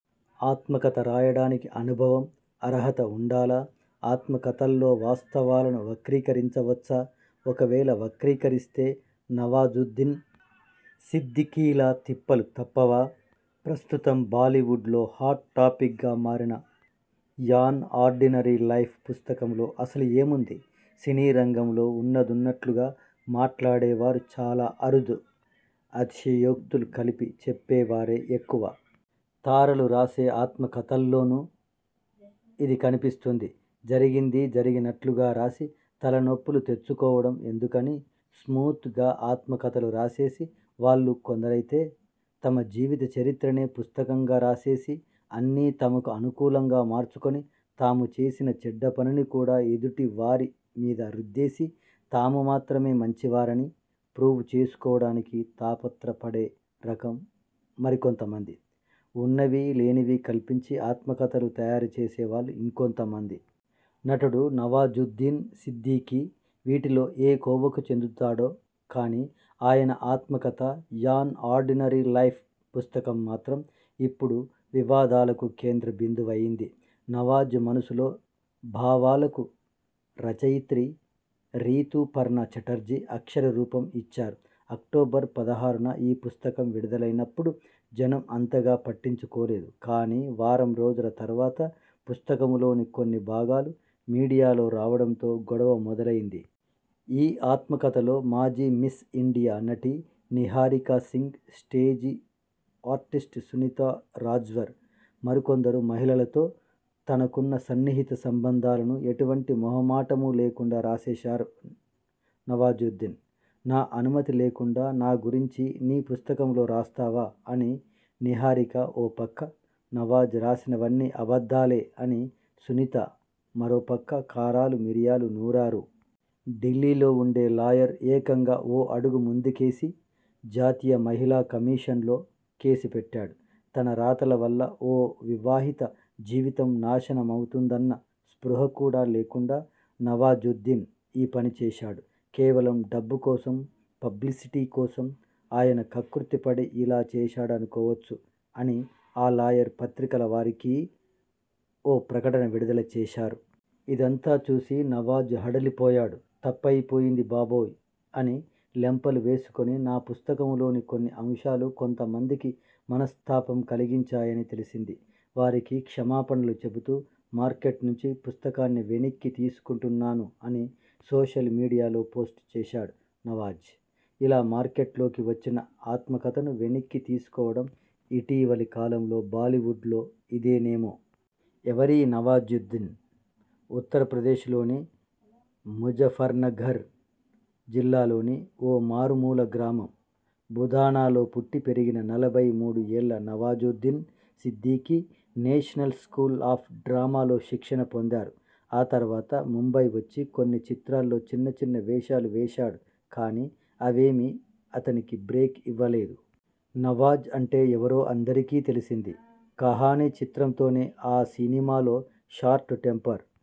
ఆత్మకథ రాయడానికి అనుభవం, అర్హత ఉండాలా? ఆత్మకథల్లో వాస్తవాలను వక్రీకరించవచ్చా? ఒకవేళ వక్రీకరిస్తే నవాజుద్దీన్ సిద్ధిఖీలా తిప్పలు తప్పవా? ప్రస్తుతం బాలీవుడ్లో హాట్ టాపిక్గా మారిన 'యాన్ ఆర్డినరీ లైఫ్' పుస్తకంలో అసలు ఏముంది? సినీరంగంలో ఉన్నదున్నట్లుగా మాట్లాడేవారు చాలా అరుదు. అతిశయోక్తులు కలిపి చెప్పేవారే ఎక్కువ. తారలు రాసే ఆత్మకథల్లోనూ ఇది కనిపిస్తుంది. జరిగింది జరిగినట్లుగా రాసి, తలనొప్పులు తెచ్చుకోవడం ఎందుకని స్మూత్గా ఆత్మకథలు రాసేసే వాళ్లు కొందరైతే, తమ జీవితచరిత్రనే పుస్తకంగా రాసేసి, అన్నీ తమకు అనుకూలంగా మార్చుకొని, తాము చేసిన చెడ్డపనిని కూడా ఎదుటివారి మీద రుద్దేసి తాము మాత్రమే మంచివారని ప్రూవ్ చేసుకోవడానికి తాపత్ర పడే రకం మరి కొంతమంది, ఉన్నవీ లేనివీ కల్పించి ఆత్మకథలు తయారు చేసేవాళ్లు ఇంకొంత మంది. నటుడు నవాజుద్దీన్ సిద్ధికీ వీటిలో ఏ కోవకు చెందుతాడో కానీ ఆయన ఆత్మకథ 'యాన్ ఆర్డినరీ లైఫ్' పుస్తకం మాత్రం ఇప్పుడు వివాదాలకు కేంద్ర బిందువైంది. నవాజ్ మనసులో భావాలకు రచయిత్రి రీతూపర్ణ ఛటర్జీ అక్షర రూపం ఇచ్చారు. అక్టోబర్ పదహారున ఈ పుస్తకం విడుదలైనప్పుడు జనం అంతగా పట్టించుకోలేదు కానీ వారం రోజుల తర్వాత పుస్తకంలోని కొన్ని భాగాలు మీడియాలో రావడంతో గొడవ మొదలైంది. ఈ ఆత్మకథలో మాజీ మిస్ ఇండియా, నటి నిహారికా సింగ్, స్టేజ్ ఆర్టిస్ట్ సునీతా రాజ్వర్, మరికొందరు మహిళలతో తనకున్న సన్నిహిత సంబంధాలను ఎటువంటి మొహమాటమూ లేకుండా రాసేశారు నవాజుద్దీన్. 'నా అనుమతి లేకుండా నా గురించి నీ పుస్తకంలో రాస్తావా? ' అని నిహారిక ఓ పక్క, 'నవాజ్ రాసినవన్నీ అబద్ధాలే' అని సునీత మరో పక్క కారాలూ మిరియాలూ నూరారు., ఢిల్లీలో ఉండే లాయర్ ఏకంగా ఓ అడుగు ముందుకేసి జాతీయ మహిళా కమిషన్లో కేసు పెట్టాడు. ' తన రాతల వల్ల ఓ వివాహిత జీవితం నాశనమవుతుందన్న స్పృహ కూడా లేకుండా నవాజుద్దీన్ ఈ పని చేశాడు. కేవలం డబ్బు కోసం, పబ్లిసిటీ కోసం ఆయన కక్కుర్తి పడి ఇలా చేశాడనుకోవచ్చు' అని ఆ లాయర్ పత్రికల వారికీ ఓ ప్రకటన విడుదల చేశారు. ఇదంతా చూసి నవాజ్ హడలిపోయాడు. 'తప్పయిపోయింది బాబోయ్' అని లెంపలు వేసుకొని ' నా పుస్తకంలోని కొన్ని అంశాలు. కొంతమందికి మనస్థాపం కలిగించాయని తెలిసింది. వారికి క్షమాపణలు చెబుతూ మార్కెట్ నుంచి పుస్తకాన్ని వెనక్కి తీసుకొంటున్నాను' అని సోషల్ మీడియాలో పోస్ట్ చేశాడు నవాజ్. ఇలా మార్కెట్లోకి వచ్చిన ఆత్మకథను వెనక్కి తీసుకోవడం ఇటీవలి కాలంలో బాలీవుడ్లో ఇదేనేమో! ఎవరీ నవాజుద్దీన్? ఉత్తరప్రదేశ్లోని ముజ ఫర్నగర్ జిల్లాలోని ఓ మారుమూల గ్రామం బుధానాలో పుట్టి పెరిగిన నలభై మూడు ఏళ్ల Nawazuddin Siddiqui national school of డ్రామాలో శిక్షణ పొందారు. ఆ తర్వాత ముంబై వచ్చి కొన్ని చిత్రాల్లో చిన్న చిన్న వేషాలు వేశాడు కానీ అవేమీ అతనికి బ్రేక్ ఇవ్వలేదు. నవాజ్ అంటే ఎవరో అందరికీ తెలిసింది 'కహానీ' చిత్రంతోనే ఆ సినిమాలో షార్ట్ టెంపర్